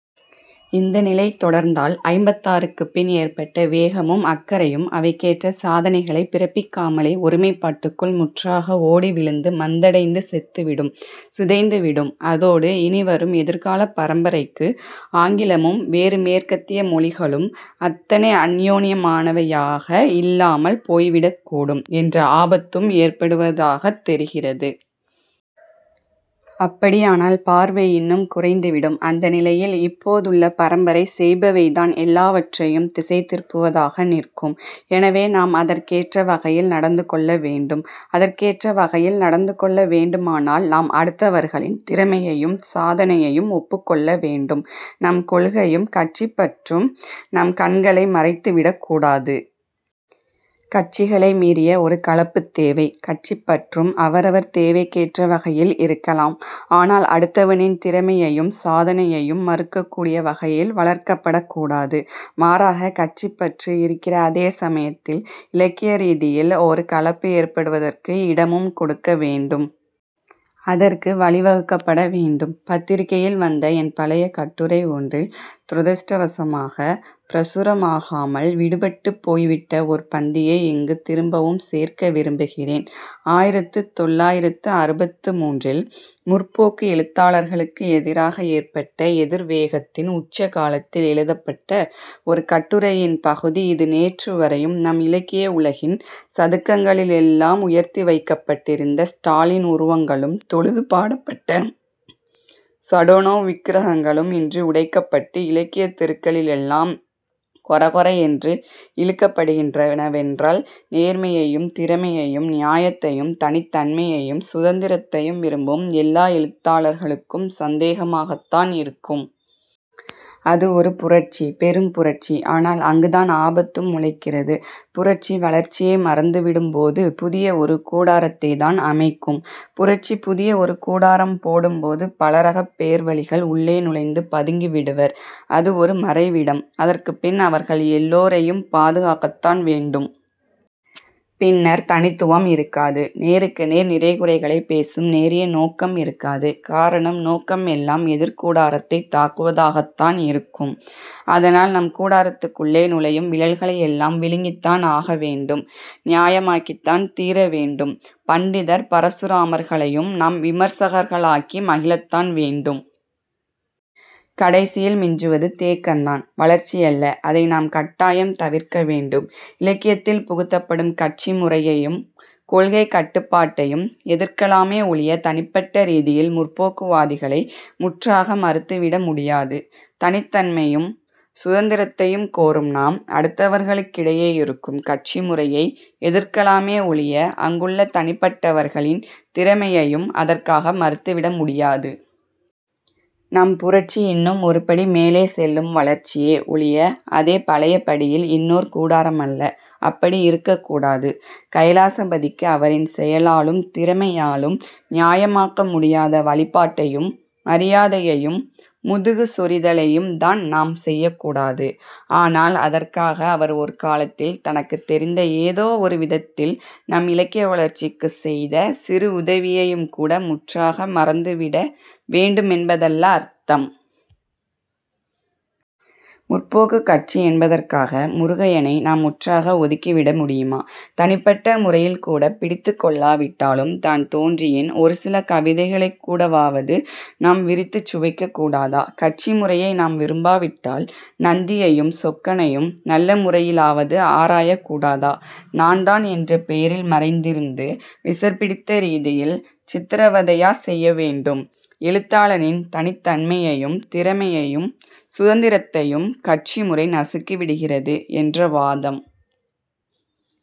இந்த நிலை தொடர்ந்தால் ஐம்பத்தாறுக்குப் பின் ஏற்பட்ட வேகமும் அக்கறையும் அவைக்கேற்ற சாதனைகளைப் பிறப்பிக்காமலே ஒருமைப்பாட்டுக்குள் முற்றாக ஓடி விழுந்து மந்தடைந்து செத்துவிடும், சிதைந்துவிடும். அதோடு இனி வரும் எதிர்காலப் பரம்பரைக்கு ஆங்கிலமும் வேறு மேற்கத்திய மொழிகளும் அத்தனை அன்னியோன்னியமானவையாக இல்லாமல் போய்விடக்கூடும் என்ற ஆபத்தும் ஏற்படுவதாகத் தெரிகிறது. அப்படியானால் பார்வை இன்னும் குறைந்துவிடும். அந்த நிலையில் இப்போதுள்ள பரம்பரை செய்பவைதான் எல்லாவற்றையும் திசைதிருப்புவதாக நிற்கும். எனவே, நாம் அதற்கேற்ற வகையில் நடந்துகொள்ள வேண்டும். அதற்கேற்ற வகையில் நடந்துகொள்ள வேண்டுமானால் நாம் அடுத்தவர்களின் திறமையையும் சாதனையையும் ஒப்புக்கொள்ள வேண்டும். நம் கொள்கையும் கட்சிப் பற்றும் நம் கண்களை மறைத்துவிடக் கூடாது. கட்சிகளை மீறிய ஒரு கலப்புத் தேவை. கட்சிப் பற்றும் அவரவர் தேவைக்கேற்ற வகையில் இருக்கலாம். ஆனால் அடுத்தவனின் திறமையையும் சாதனையையும் மறுக்கக்கூடிய வகையில் வளர்க்கப்படக் கூடாது. மாறாக, கட்சிப் பற்று இருக்கிற அதே சமயத்தில் இலக்கிய ரீதியில் ஒரு கலப்பு ஏற்படுவதற்கு இடமும் கொடுக்க வேண்டும். அதற்கு வழிவகுக்கப்பட வேண்டும். பத்திரிகையில் வந்த என் பழைய கட்டுரை ஒன்றில் துரதிஷ்டவசமாகப் பிரசுரமாகாமல் விடுபட்டுப் போய்விட்ட ஓர் பந்தியை இங்கு திரும்பவும் சேர்க்க விரும்புகிறேன். ஆயிரத்து தொள்ளாயிரத்து அறுபத்து மூன்றில் 'முற்போக்கு' எழுத்தாளர்களுக்கு எதிராக ஏற்பட்ட எதிர் வேகத்தின் உச்ச காலத்தில் எழுதப்பட்ட ஒரு கட்டுரையின் பகுதி இது நேற்று வரையும் நம் இலக்கிய உலகின் சதுக்கங்களிலெல்லாம் உயர்த்திவைக்கப்பட்டிருந்த ஸ்டாலின் உருவங்களும் தொழுது பாடப்பட்ட சடானோவ் விக்கிரகங்களும் இன்று உடைக்கப்பட்டு இலக்கியத் தெருக்களிலெல்லாம் கொர கொர என்று இழுக்கப்படுகின்றனவென்றால் நேர்மையையும் திறமையையும் நியாயத்தையும் தனித்தன்மையையும் சுதந்திரத்தையும் விரும்பும் எல்லா எழுத்தாளர்களுக்கும் சந்தேகமாகத்தான் இருக்கும். அது ஒரு புரட்சி, பெரும் புரட்சி. ஆனால் அங்குதான் ஆபத்தும் முளைக்கிறது...புரட்சி, வளர்ச்சியை மறந்துவிடும்போது புதிய ஒரு கூடாரத்தைத்தான் அமைக்கும். புரட்சி புதிய ஒரு கூடாரம் போடும்போது பலரகப் பேர்வழிகள் உள்ளே நுழைந்து பதுங்கிவிடுவர். அது ஒரு மறைவிடம். அதற்குப் பின் அவர்கள் எல்லோரையும் பாதுகாக்கத்தான் வேண்டும். பின்னர் தனித்துவம் இருக்காது. நேருக்கு நேர் நிறைகுறைகளைப் பேசும் நேரிய நோக்கம் இருக்காது. காரணம், நோக்கம் எல்லாம் எதிர் கூடாரத்தைத் தாக்குவதாகத்தான் இருக்கும். அதனால் நம் கூடாரத்துக்குள்ளே நுழையும் விழல்களை எல்லாம் விழுங்கித்தான் ஆகவேண்டும். நியாயமாக்கித்தான் தீரவேண்டும். பண்டிதர் பரசுராமர்களையும் நாம் விமர்சகர்களாக்கி மகிழத்தான் வேண்டும். கடைசியில் மிஞ்சுவது தேக்கந்தான், வளர்ச்சியல்ல. அதை நாம் கட்டாயம் தவிர்க்க வேண்டும். இலக்கியத்தில் புகுத்தப்படும் கட்சி முறையையும் கொள்கைக் கட்டுப்பாட்டையும் எதிர்க்கலாமே ஒழிய தனிப்பட்ட ரீதியில் 'முற்போக்கு'வாதிகளை முற்றாக மறுத்துவிட முடியாது. தனித்தன்மையையும் சுதந்திரத்தையும் கோரும் நாம் அடுத்தவர்களுக்கிடையே இருக்கும் கட்சி முறையை எதிர்க்கலாமே ஒழிய அங்குள்ள தனிப்பட்டவர்களின் திறமையையும் அதற்காக மறுத்துவிட முடியாது. நம் புரட்சி இன்னும் ஒரு படி மேலே செல்லும் வளர்ச்சியே ஒழிய அதே பழைய படியில் இன்னோர் கூடாரமல்ல. அப்படி இருக்கக் கூடாது. கைலாசபதிக்கு அவரின் செயலாலும் திறமையாலும் நியாயமாக்க முடியாத வழிபாட்டையும், மரியாதையையும் முதுகு சொறிதலையும்தான் நாம் செய்யக்கூடாது. ஆனால் அதற்காக அவர் ஒரு காலத்தில் தனக்குத் தெரிந்த ஏதோ ஒரு விதத்தில் நம் இலக்கிய வளர்ச்சிக்குச் செய்த சிறு உதவியையும் கூட முற்றாக மறந்துவிட வேண்டுமென்பதல்ல அர்த்தம். 'முற்போக்குக்' கட்சி என்பதற்காக முருகையனை நாம் முற்றாக ஒதுக்கிவிட முடியுமா? தனிப்பட்ட முறையில்கூடப் பிடித்துக்கொள்ளாவிட்டாலும் தான்தோன்றியின் ஒரு சில கவிதைகளைக் கூடவாவது நாம் விரித்துச் சுவைக்கக் கூடாதா? கட்சி முறையை நாம் விரும்பாவிட்டால் நந்தியையும் சொக்கனையும் நல்ல முறையிலாவது ஆராயக் கூடாதா? 'நான்தான்' என்ற பெயரில் மறைந்திருந்து விசர் பிடித்த ரீதியில் சித்திரவதையா செய்ய வேண்டும்? எழுத்தாளனின் தனித்தன்மையையும் திறமையையும் சுதந்திரத்தையும் கட்சிமுறை நசுக்கிவிடுகிறது என்ற வாதம்,